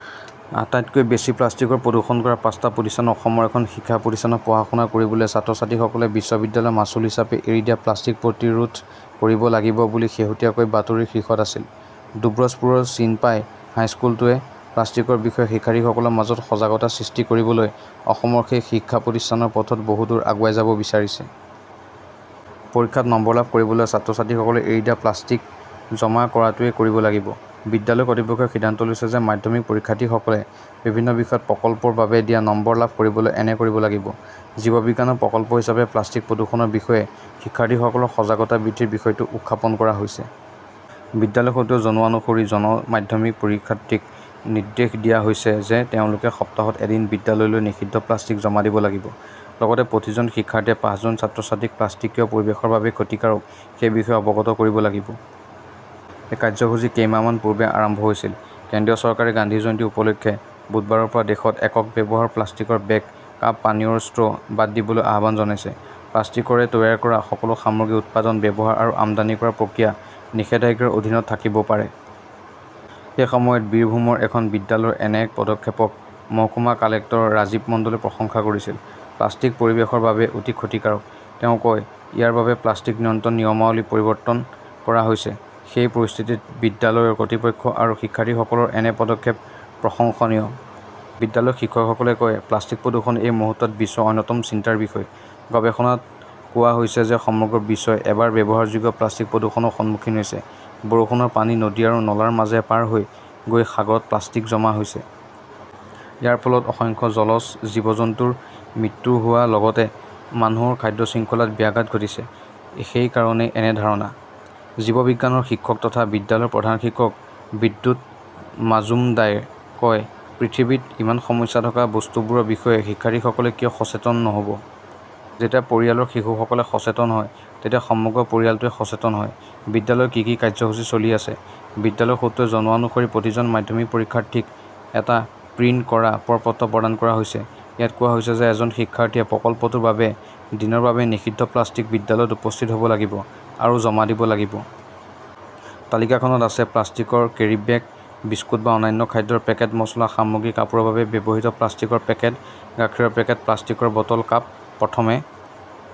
আটাইতকৈ বেছি প্লাষ্টিক প্ৰদূষণ কৰা পাঁচটা প্ৰতিষ্ঠান অসমৰ এখন শিক্ষা প্ৰতিষ্ঠানত পঢ়া-শুনা কৰিবলৈ ছাত্ৰ-ছাত্ৰীসকলে বিদ্যালয়ৰ মাচুল হিচাপে এৰি দিয়া প্লাষ্টিক পৰিশোধ কৰিব লাগিব বুলি শেহতীয়াকৈ বাতৰিৰ শীৰ্ষত আছিল। দুব্ৰজপুৰৰ চিনপাই হাইস্কুলটোৱে প্লাষ্টিকৰ বিষয়ে শিক্ষাৰ্থীসকলৰ মাজত সজাগতা সৃষ্টি কৰিবলৈ অসমৰ সেই শিক্ষা প্ৰতিষ্ঠানৰ পথত বহু দূৰ আগুৱাই যাব বিচাৰিছে। পৰীক্ষাত নম্বৰ লাভ কৰিবলৈ ছাত্ৰ-ছাত্ৰীসকলে এৰি দিয়া প্লাষ্টিক জমা কৰাটোৱেই কৰিব লাগিব। বিদ্যালয় কৰ্তৃপক্ষই সিদ্ধান্ত লৈছে যে মাধ্যমিক পৰীক্ষাৰ্থীসকলে বিভিন্ন বিষয়ত 'প্ৰকল্প "ৰ বাবে দিয়া নম্বৰ লাভ কৰিবলৈ এনে কৰিব লাগিব। জীৱবিজ্ঞানৰ 'প্ৰকল্প "হিচাপে প্লাষ্টিক প্ৰদূষণৰ বিষয়ে শিক্ষাৰ্থীসকলৰ সজাগতা বৃদ্ধিৰ বিষয়টো উত্থাপন কৰা হৈছে। বিদ্যালয়ৰ সূত্ৰই জনোৱা অনুসৰি জন মাধ্যমিক পৰীক্ষাৰ্থীক নিৰ্দেশ দিয়া হৈছে যে তেওঁলোকে সপ্তাহত এদিন বিদ্যালয়লৈ নিষিদ্ধ প্লাষ্টিক জমা দিব লাগিব। লগতে প্ৰতিজন শিক্ষাৰ্থীয়ে পাঁচজন ছাত্ৰ-ছাত্ৰীক প্লাষ্টিক কিয় পৰিৱেশৰ বাবে ক্ষতিকাৰক সেই বিষয়ে অৱগত কৰিব লাগিব। এই কাৰ্যসূচী কেইমাহমান পূৰ্বে আৰম্ভ হৈছিল। কেন্দ্ৰীয় চৰকাৰে গান্ধী জয়ন্তী উপলক্ষে বুধবাৰৰ পৰা দেশত 'একক ব্যৱহাৰৰ "প্লাষ্টিকৰ বেগ, কাপ, পানীয়ৰ ষ্ট্ৰ" বাদ দিবলৈ আহ্বান জনাইছে। প্লাষ্টিকৰে তৈয়াৰ কৰা সকলো সামগ্ৰী উৎপাদন, ব্যৱহাৰ আৰু আমদানি কৰাৰ প্ৰক্ৰিয়া নিষেধাজ্ঞাৰ অধীনত থাকিব পাৰে। সেই সময়ত বীৰভূমৰ এখন বিদ্যালয়ৰ এনে এক পদক্ষেপক মহকুমা কালেক্টৰ ৰাজীৱ মণ্ডলে প্ৰশংসা কৰিছিল। "প্লাষ্টিক পৰিৱেশৰ বাবে অতি ক্ষতিকাৰক", তেওঁ কয়। ইয়াৰ বাবে প্লাষ্টিক নিয়ন্ত্ৰণ নিয়মাৱলী প্ৰৱৰ্তন কৰা হৈছে। সেই পৰিস্থিতিত বিদ্যালয়ৰ কৰ্তৃপক্ষ আৰু শিক্ষাৰ্থীসকলৰ এনে পদক্ষেপ প্ৰশংসনীয়। "বিদ্যালয়ৰ শিক্ষকসকলে কয়-'প্লাষ্টিক-প্ৰদূষণ এই মুহূৰ্তত বিশ্বৰ অন্যতম চিন্তাৰ বিষয়। গৱেষণাত কোৱা হৈছে যে সমগ্ৰ বিশ্বই এবাৰ ব্যৱহাৰযোগ্য প্লাষ্টিক প্ৰদূষণৰ সন্মুখীন হৈছে। বৰষুণৰ পানী নদী আৰু নলাৰ মাজেৰে পাৰ হৈ গৈ সাগৰত প্লাষ্টিক জমা হৈ আছে। ইয়াৰ ফলত অসংখ্য জলজ জীৱ-জন্তুৰ মৃত্যু হোৱাৰ লগতে মানুহৰ খাদ্য শৃংখলাত ব্যাঘাত ঘটিছে। সেইকাৰণেই এনে ধাৰণা। জীৱন বিজ্ঞানৰ শিক্ষক তথা বিদ্যালয়ৰ প্ৰধান শিক্ষক বিদ্যুৎ মাজমুদ্ৰে কয়, "পৃথিৱীত ইমান সমস্যা থকা বস্তুবোৰৰ বিষয়ে শিক্ষাৰ্থীসকলে কিয় সচেতন নহ 'ব! যেতিয়া পৰিয়ালৰ শিশুসকলে সচেতন হয় তেতিয়া সমগ্ৰ পৰিয়ালটোৱে সচেতন হয়। "বিদ্যালয়ত কি কি কাৰ্যসূচী চলি আছে? বিদ্যালয়ৰ সূত্ৰই জনোৱা অনুসৰি প্ৰতিজন মাধ্যমিক পৰীক্ষাৰ্থীক এটা প্ৰিণ্ট কৰা প্ৰ-পত্ৰ প্ৰদান কৰা হৈছে। ইয়াত কোৱা হৈছে যে এজন শিক্ষাৰ্থীয়ে প্ৰকল্পটোৰ বাবে দিনৰ বাবে নিষিদ্ধ প্লাষ্টিক বিদ্যালয়ত উপস্থিত হ 'ব লাগিব আৰু জমা দিব লাগিব। তালিকাখনত আছে প্লাষ্টিকৰ কেৰিব্যাগ, বিস্কুট বা অন্যান্য খাদ্যৰ পেকেট, মচলা সামগ্ৰী, কাপোৰৰ বাবে ব্যৱহৃত প্লাষ্টিকৰ পেকেট, গাখীৰৰ পেকেট, প্লাষ্টিকৰ বটল, কাপ। প্ৰথমে